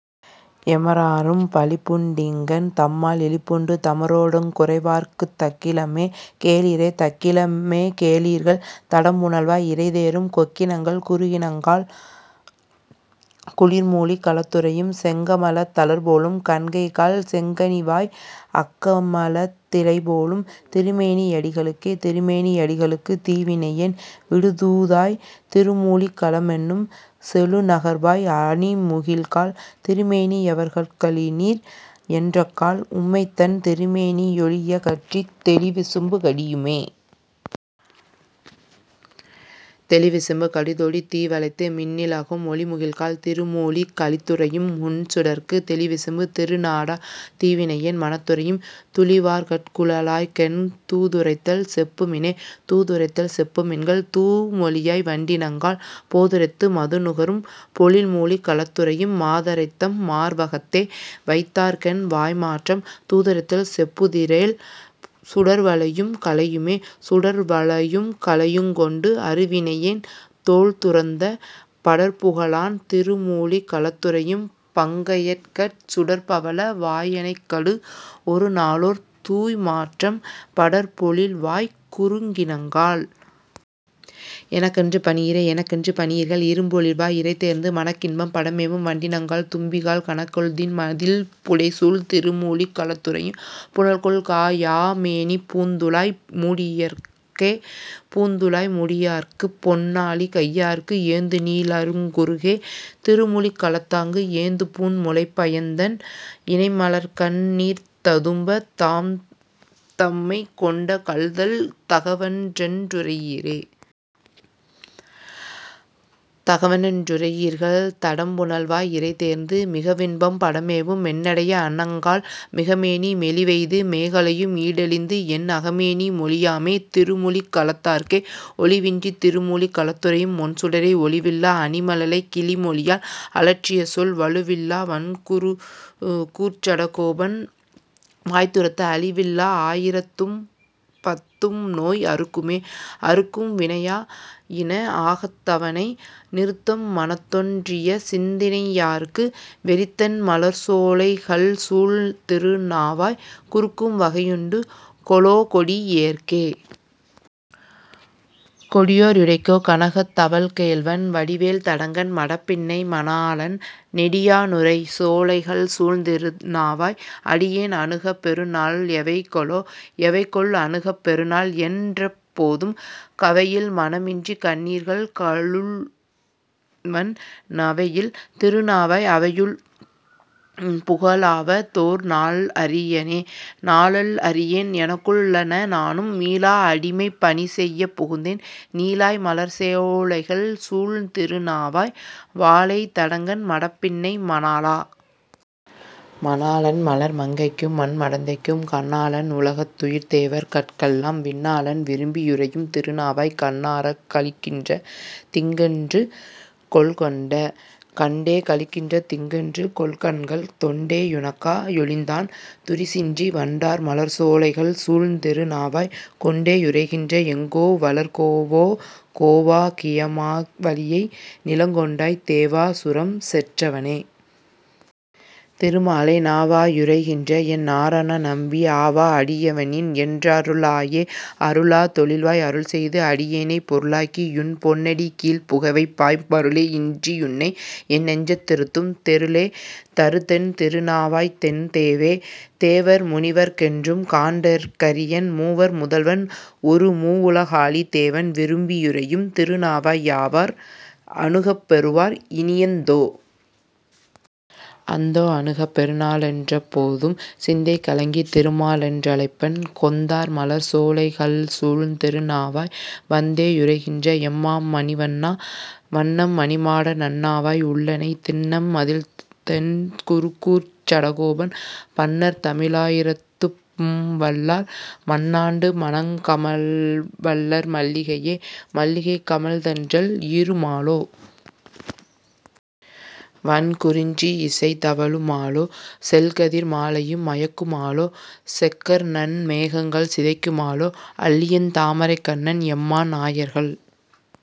எமராலும் பழிப்புண்டிங் கென்? தம்மால் இழிப்புண்டு, தமரோடங் குறைவார்க்குத் தக்கிலமே. கேளீரே.. தக்கிலமே கேளீர்கள் தடம்புனல்வாய் இரைதேரும், கொக்கினங்காள். குருகினங்காள். குளிர்மூழிக் களத்துறையும், செக்கமலத் தலர்போலும் கண்கைகால் செங்கனிவாய், அக்கமலத் திலைபோலும் திருமேனி யடிகளுக்கே.. திருமேனி யடிகளுக்கு தீவினையேன் விடுதூதாய் திருமூழிக் களமென்னும் செழுநகர்வாய் அணிமுகில்காள், திருமேனி யவட்கருளீர் என்றக்கால், உம்மைத்தன் திருமேனி யொளியகற்றித் தெளிவிசும்பு கடியுமே?. தெளிவிசும்பு கடிதோடித் தீவளைத்து மின்னிலகும், ஒளிமுகில்காள். திருமூழிக் களத்துறையும் ஒண்சுடர்க்கு, தெளிவிசும்பு திருநாடாத் தீவினையேன் மனத்துறையும், துளிவார்கட் குழலார்க்கென் தூதுரைத்தல் செப்பமினே.. தூதுரைத்தல் செப்புமின்கள் தூமொழியாய் வண்டினங்காள், போதிரைத்து மதுநுகரும் பொழில்மூழிக் களத்துறையும், மாதரைத்தம் மார்வகத்தே வைத்தார்க்கென் வாய்மாற்றம், தூதுரைத்தல் செப்புதிரேல் சுடர்வளையும் கலையுமே.. சுடர்வளுயும் கலையுங்கொண்டு அருவினையேன் தோள்துறந்த, படர்புகழான் திருமூழிக் களத்துறையும் பங்கயக்கட், சுடர்பவள வாயனைக்கடு ஒருநாளோர் தூய்மாற்றம், படர்பொழில்வாய்க் குருகினங்காள். எனக்கொன்று பணியீரே.. எனக்கொன்று பணியீர்கள் இரும்பொழில்வாய் இரைதேர்ந்து, மனக்கின்பம் படமேவும் வண்டினங்காள். தும்பிகாள், கனக்கொள்திண் மதிள்புடைசூழ் திருமூழிக் களத்துறையும், புனல்கொள்கா யாமேனிப் பூந்துழாய் முடியார்க்கே.. பூந்துழாய் முடியார்க்குப் பொன்னாழி கையார்க்கு, ஏந்துநீ ரிளங்குருகே. திருமூழிக் களத்தார்க்கு, ஏந்துபூண் முலைப்பயந்தென் இணைமலர்க்கண் ணீர்ததும்ப, தாம்தம்மைக் கொண்டகல்தல் தகவன்றென் றுரையீரே.. தகவன்றென் றுரையீர்கள் தடம்புனல்வாய் இரைதேர்ந்து, மிகவின்பம் படமேவும் மென்னடைய அன்னங்காள், மிகமேனி மெலிவெய்தி மேகலையும் ஈடழிந்து, என் அகமேனி யொழியாமே திருமூழிக் களத்தார்க்கே. ஒழிவின்றித் திருமூழிக் களத்துறையும் ஒண்சுடரை, ஒழிவில்லா அணிமழலைக் கிளிமொழியாள் அலற்றியசொல், வழுவில்லா வண்குருகூர்ச் சடகோபன் வாய்ந்துரைத்த, அழிவில்லா ஆயிரத்திப் பத்தும்நோய் அறுக்குமே. அறுக்கும் வினையா யின ஆகத்தவனை, நிறுத்தம் மனத்தொன் றியசிந் தையினார்க்கு, வெறித்தண் மலர்சோ லைகள்சுழ் திருநாவாய், குறுக்கும் வகையுண்டு கொலொகொடி யேற்கே?. கொடியே ரிடைக்கோ கனகத் தவள்கேள்வன், வடிவேல் தடங்கண் மடப்பின்னை மணாளன், நெடியா னுறைசோ லைகள்சூழ் திருநாவாய், அடியேன் அணுகப் பெறு நாள் எவைகொலொ.. எவைகொல் அணுகப் பெறுநாள்? என் றெப்போதும், கவையில் மனமின்றிக் கண்ணீர்கள் கலுழ்வன், நவையில் திருநாவாய், அவையுள் புகலாவ தோர்நாள் அறியேனே.. நாளெல் அறியேன் எனக்குள் ளன, நானும் மீளா அடிமைப் பணிசெய்யப் புகுந்தேன், நீளார் மலர்சோ லைகள்சுழ் திருநாவாய், வாளேய் தடங்கண் மடப்பின்னை மணாளா.. மணாளன் மலர்மங் கைக்கும்மண் மடந்தைக்கும், கண்ணாளன் உலகத் துயிர்தேவர் கட்கெல்லாம், விண்ணாளன் விரும்பி யுறையும் திருநாவாய், கண்ணாரக் களிக்கின்ற திங்கென்று கொல்கண்டே?. கண்டே களிக்கின்ற திங்கென்று கொல்கண்கள், தொண்டே யுனக்கா யொழிந்தான் துரிசின்றி, வண்டார் மலர்சோ லைகள்சுழ் திருநாவாய், கொண்டே யுறைகின்ற எங்கோ வலர்கோவே.. கோவா கியமா வலியை நிலங்கொண்டாய், தேவா சுரம்செற் றவனே. திருமாலே, நாவா யுறைகின்ற என்நா ரணநம்பீ, ஆவா அடியா னிவன் என் றருளாயே.. அருளா தொழிவாய் அருள்செய்து, அடியேனைப் பொருளாக்கி யுன்பொன் னடிக்கீழ்ப் புகவைப்பாய், மருளே யின்றியுன்னை என்னெஞ்சத் திருத்தும், தெருளே தருதென் திருநாவாய் என்தேவே.. தேவர் முனிவர்க் கென்றும்காண் டற்கரியன், மூவர் முதல்வன் ஒருமூ வுலகாளி, தேவன் விரும்பி யுறையும் திருநாவாய், யாவர் அணுகப் பெறுவார் இனியந்தோ.. அந்தோ. அணுகப் பெறுநாளென் றெப்போதும், சிந்தை கலங்கித் திருமாலென் றழைப்பன், கொந்தார் மலர்சோ லைகள்சுழ் திருநாவாய், வந்தே யுறைகின்ற எம்மா மணிவண்ணா. வண்ணம் மணிமாட நன்னாவாய் உள்ளனை, திண்ணம் மதிள்தென் குருகூர்ச் சடகோபன், பண்ணர் தமிழா யிரத்திப்பத் தும்வல்லார், மண்ணாண்டு மணம்கமழ் வர்மல்லிகையே. மல்லிகை கமழ்தென்றல் ஈரு மாலோ. வண்குறிஞ் சியிசை தவழு மாலோ, செல்கதிர் மாலையும் மயக்கு மாலோ. செக்கர்நன் மேகங்கள் சிதைக்கு மாலோ, அல்லியந் தாமரைக் கண்ணன் எம்மான் ஆயர்கள்